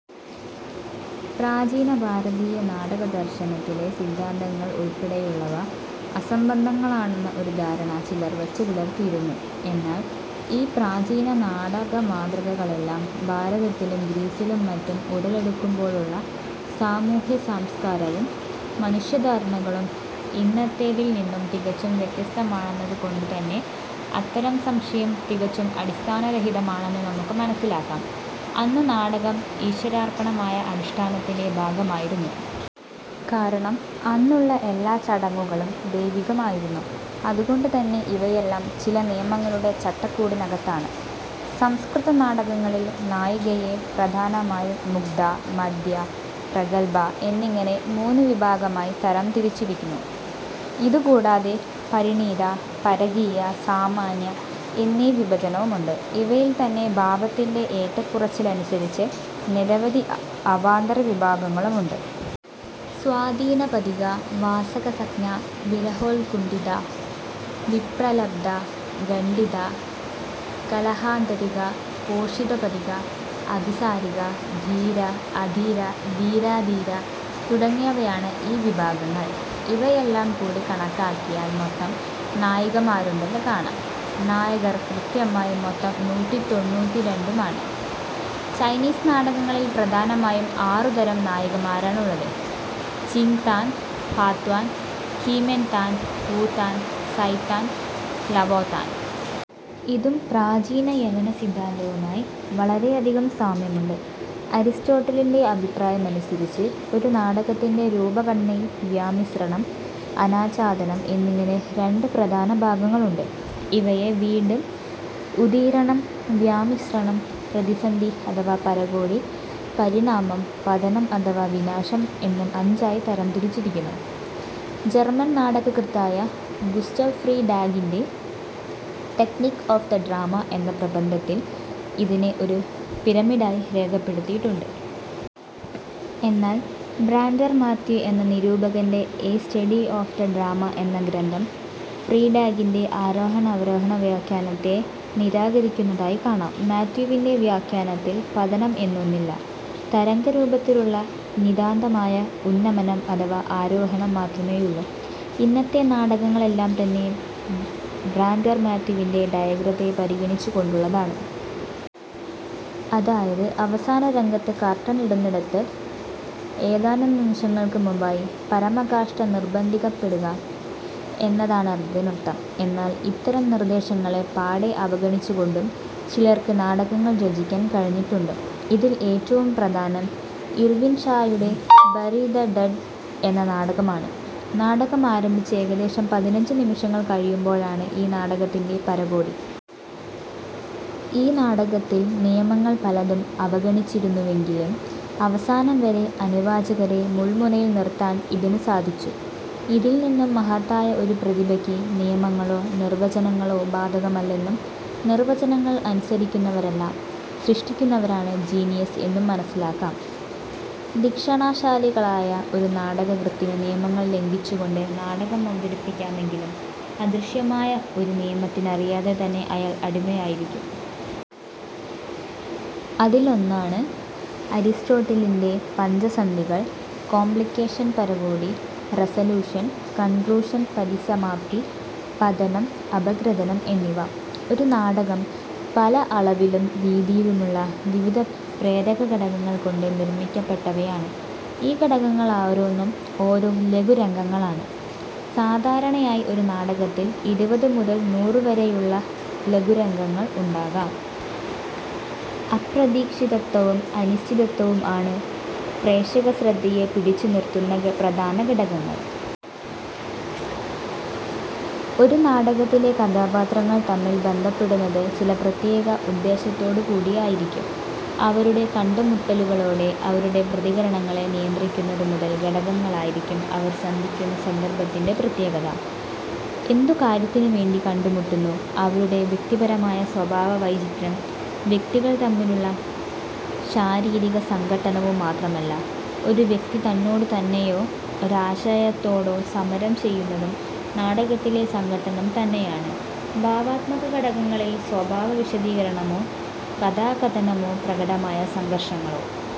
പ്രാചീന ഭാരതീയ നാടകദർശനത്തിലെ സിദ്ധാന്തങ്ങൾ ഉൾപ്പെടെയുള്ളവ അസംബന്ധങ്ങളാണെന്ന ഒരു ധാരണ ചിലർ വച്ചുപുലർത്തിയിരുന്നു. എന്നാൽ ഈ പ്രാചീന നാടകമാതൃകകളെല്ലാം ഭാരതത്തിലും ഗ്രീസിലും മറ്റും ഉടലെടുക്കുമ്പോഴുള്ള സാമൂഹ്യ സംസ്കാരവും മനുഷ്യധാരണകളും ഇന്നത്തേതിൽനിന്നും തികച്ചും വ്യത്യസ്തമാണെന്നതുകൊണ്ടുതന്നെ അത്തരം സംശയം തികച്ചും അടിസ്ഥാനരഹിതമാണെന്ന് നമുക്ക് മനസ്സിലാക്കാം. അന്നു നാടകം ഈശ്വരാർപ്പണമായ അനുഷ്ഠാനത്തിന്റെ ഭാഗമായിരുന്നു. കാരണം അന്നുള്ള എല്ലാ ചടങ്ങുകളും ദൈവികമായിരുന്നു. അതുകൊണ്ട് തന്നെ ഇവയെല്ലാം ചില നിയമങ്ങളുടെ ചട്ടക്കൂടിനകത്താണ്. സംസ്കൃത നാടകങ്ങളിൽ നായികയെ പ്രധാനമായും മുഗ്ധ, മധ്യ, പ്രഗല്ഭ എന്നിങ്ങനെ മൂന്നുവിഭാഗമായി തരം തിരിച്ചിരിക്കുന്നു. ഇതുകൂടാതെ പരിണീത, പരകീയ, സാമാന്യ എന്നീ വിഭജനവുമുണ്ട്. ഇവയിൽത്തന്നെ ഭാവത്തിന്റെ ഏറ്റക്കുറച്ചിലനുസരിച്ച് നിരവധി അവാന്തരവിഭാഗങ്ങളും ഉണ്ട്. സ്വാധീനപതിക, വാസകസജ്ജ, വിരഹോൽക്കുണ്ഠിത, വിപ്രലബ്ധ, ഖണ്ഡിത, കലഹാന്തരിത, പോഷിതപതിക, അഭിസാരിക, ധീര, അധീര, ധീരാധീര തുടങ്ങിയവയാണ് ഈ വിഭാഗങ്ങൾ. ഇവയെല്ലാം കൂടി കണക്കാക്കിയാൽ മൊത്തം നായികമാരുണ്ടെന്ന് കാണാം. നായകർ കൃത്യമായി മൊത്തം നൂറ്റിത്തൊണ്ണൂറ്റി രണ്ടുമാണ്. ചൈനീസ് നാടകങ്ങളിൽ പ്രധാനമായും ആറു തരം നായികമാരാണുള്ളത്. ചിങ് താൻ, ഹ്വാതാൻ, ക്വിയിമെങ് താൻ, വൂത്താൻ, സയ്ത്താൻ, ലവോത്താൻ. ഇതും പ്രാചീന യവന സിദ്ധാന്തവുമായി വളരെയധികം സാമ്യമുണ്ട്. അരിസ്റ്റോട്ടിലിന്റെ അഭിപ്രായമനുസരിച്ച് ഒരു നാടകത്തിന്റെ രൂപഘടനയിൽ വ്യാമിശ്രണം, അനാച്ഛാദനം എന്നിങ്ങനെ രണ്ട് പ്രധാന ഭാഗങ്ങളുണ്ട്. ഇവയെ വീണ്ടും ഉദീരണം, വ്യാമിശ്രണം, പ്രതിസന്ധി അഥവാ പരകോടി, പരിണാമം, പതനം അഥവാ വിനാശം എന്ന് അഞ്ചായി തരംതിരിച്ചിരിക്കുന്നു. ജെർമൻ നാടകകൃത്തായ ഗുസ്റ്റവ് ഫ്രീ ടാഗിന്റെ ടെക്നിക് ഒഫ് ദ് ഡ്രാമ എന്ന പ്രബന്ധത്തിൽ ഇതിനെ ഒരു പിരമിഡായി രേഖപ്പെടുത്തിയിട്ടുണ്ട്. എന്നാൽ ബ്രാൻഡർ മാത്യു എന്ന നിരൂപകന്റെ A Study of the Drama എന്ന ഗ്രന്ഥം ഫ്രീടാഗിന്റെ ആരോഹണാവരോഹണ വ്യാഖ്യാനത്തെ നിരാകരിക്കുന്നതായി കാണാം. മാത്യുവിന്റെ വ്യാഖ്യാനത്തിൽ പതനം എന്നൊന്നില്ല. തരംഗരൂപത്തിലുള്ള നിതാന്തമായ ഉന്നമനം അഥവാ ആരോഹണം മാത്രമേയുള്ളൂ. ഇന്നത്തെ നാടകങ്ങൾ എല്ലാം തന്നെ ബ്രാൻഡർ മാത്യുവിന്റെ ഡയഗ്രത്തെ പരിഗണിച്ചുകൊണ്ടുള്ളതാണ്. അതായത്, അവസാനരംഗത്ത് കർട്ടനിടുന്നതിന് ഏതാനും നിമിഷങ്ങൾക്കു മുമ്പായി പരമകാഷ്ഠ നിർബന്ധിക്കപ്പെടുക എന്നതാണിതിനർഥം. എന്നാൽ ഇത്തരം നിർദ്ദേശങ്ങളെ പാടെ അവഗണിച്ചുകൊണ്ടും ചിലർക്ക് നാടകങ്ങൾ രചിക്കാൻ കഴിഞ്ഞിട്ടുണ്ട്. ഇതിൽ ഏറ്റവും പ്രധാനം ഇർവിൻ ഷായുടെ ബറി ദ ഡഡ് എന്ന നാടകമാണ്. നാടകം ആരംഭിച്ച് ഏകദേശം പതിനഞ്ച് നിമിഷങ്ങൾ കഴിയുമ്പോഴാണ് ഈ നാടകത്തിന്റെ പരകോടി. ഈ നാടകത്തിൽ നിയമങ്ങൾ പലതും അവഗണിച്ചിരുന്നുവെങ്കിലും അവസാനം വരെ അനുവാചകരെ മുൾമുനയിൽ നിർത്താൻ ഇതിനു സാധിച്ചു. ഇതിൽനിന്നും മഹത്തായ ഒരു പ്രതിഭയ്ക്ക് നിയമങ്ങളോ നിർവചനങ്ങളോ ബാധകമല്ലെന്നും നിർവചനങ്ങൾ അനുസരിക്കുന്നവരല്ല, സൃഷ്ടിക്കുന്നവരാണ് ജീനിയസ്സ് എന്നും മനസ്സിലാക്കാം. ധിഷണാശാലിയായ ഒരു നാടകകൃത്തിന് നിയമങ്ങൾ ലംഘിച്ചുകൊണ്ട് നാടകമവതരിപ്പിക്കാമെങ്കിലും അദൃശ്യമായ ഒരു നിയമത്തിന് അറിയാതെ തന്നെ അയാൾ അടിമയായിരിക്കും. അതിലൊന്നാണ് അരിസ്റ്റോട്ടിലിന്റെ പഞ്ചസന്ധികൾ, കോംപ്ലിക്കേഷൻ, പരകോടി, റസല്യൂഷൻ, കൺക്ളൂഷൻ-പരിസമാപ്തി-പതനം, അപഗ്രഥനം എന്നിവ. ഒരു നാടകം പല അളവിലും രീതിയിലുമുള്ള വിവിധ പ്രേരകഘടങ്ങൾ കൊണ്ട് നിർമ്മിക്കപ്പെട്ടവയാണ്. ഈ ഘടകങ്ങളോരോന്നും ഓരോ ലഘുരംഗങ്ങളാണ്. സാധാരണയായി ഒരു നാടകത്തിൽ ഇരുപതു മുതൽ നൂറുവരെയുള്ള ലഘുരംഗങ്ങൾ ഉണ്ടാകാം. അപ്രതീക്ഷിതത്വവും, അനിശ്ചിതത്വവും ആണ് പ്രേക്ഷകശ്രദ്ധയെ പിടിച്ചു നിർത്തുന്ന പ്രധാന ഘടകങ്ങൾ. ഒരു നാടകത്തിലെ കഥാപാത്രങ്ങൾ തമ്മിൽ ബന്ധപ്പെടുന്നത് ചില പ്രത്യേക ഉദ്ദേശത്തോടുകൂടിയായിരിക്കും. അവരുടെ കണ്ടുമുട്ടലുകളോടെ അവരുടെ പ്രതികരണങ്ങളെ നിയന്ത്രിക്കുന്നത് മൂന്ന് ഘടകങ്ങളായിരിക്കും അവർ സന്ധിക്കുന്ന സന്ദർഭത്തിന്റെ പ്രത്യേകത; എന്തു കാര്യത്തിനുവേണ്ടി കണ്ടുമുട്ടുന്നു; അവരുടെ വ്യക്തിപരമായ സ്വഭാവ വൈചിത്ര്യം. വ്യക്തികൾ തമ്മിലുള്ള ശാരീരിക സംഘട്ടനം മാത്രമല്ല; ഒരു വ്യക്തി തന്നോടു തന്നെയോ ഒരാശയത്തോടോ സമരം ചെയ്യുന്നതും നാടകത്തിലെ സംഘട്ടനം തന്നെയാണ്. ഭാവാത്മക ഘടകങ്ങളിൽ സ്വഭാവ വിശദീകരണമോ, കഥാകഥനമോ, പ്രകടമായ സംഘർഷങ്ങളോ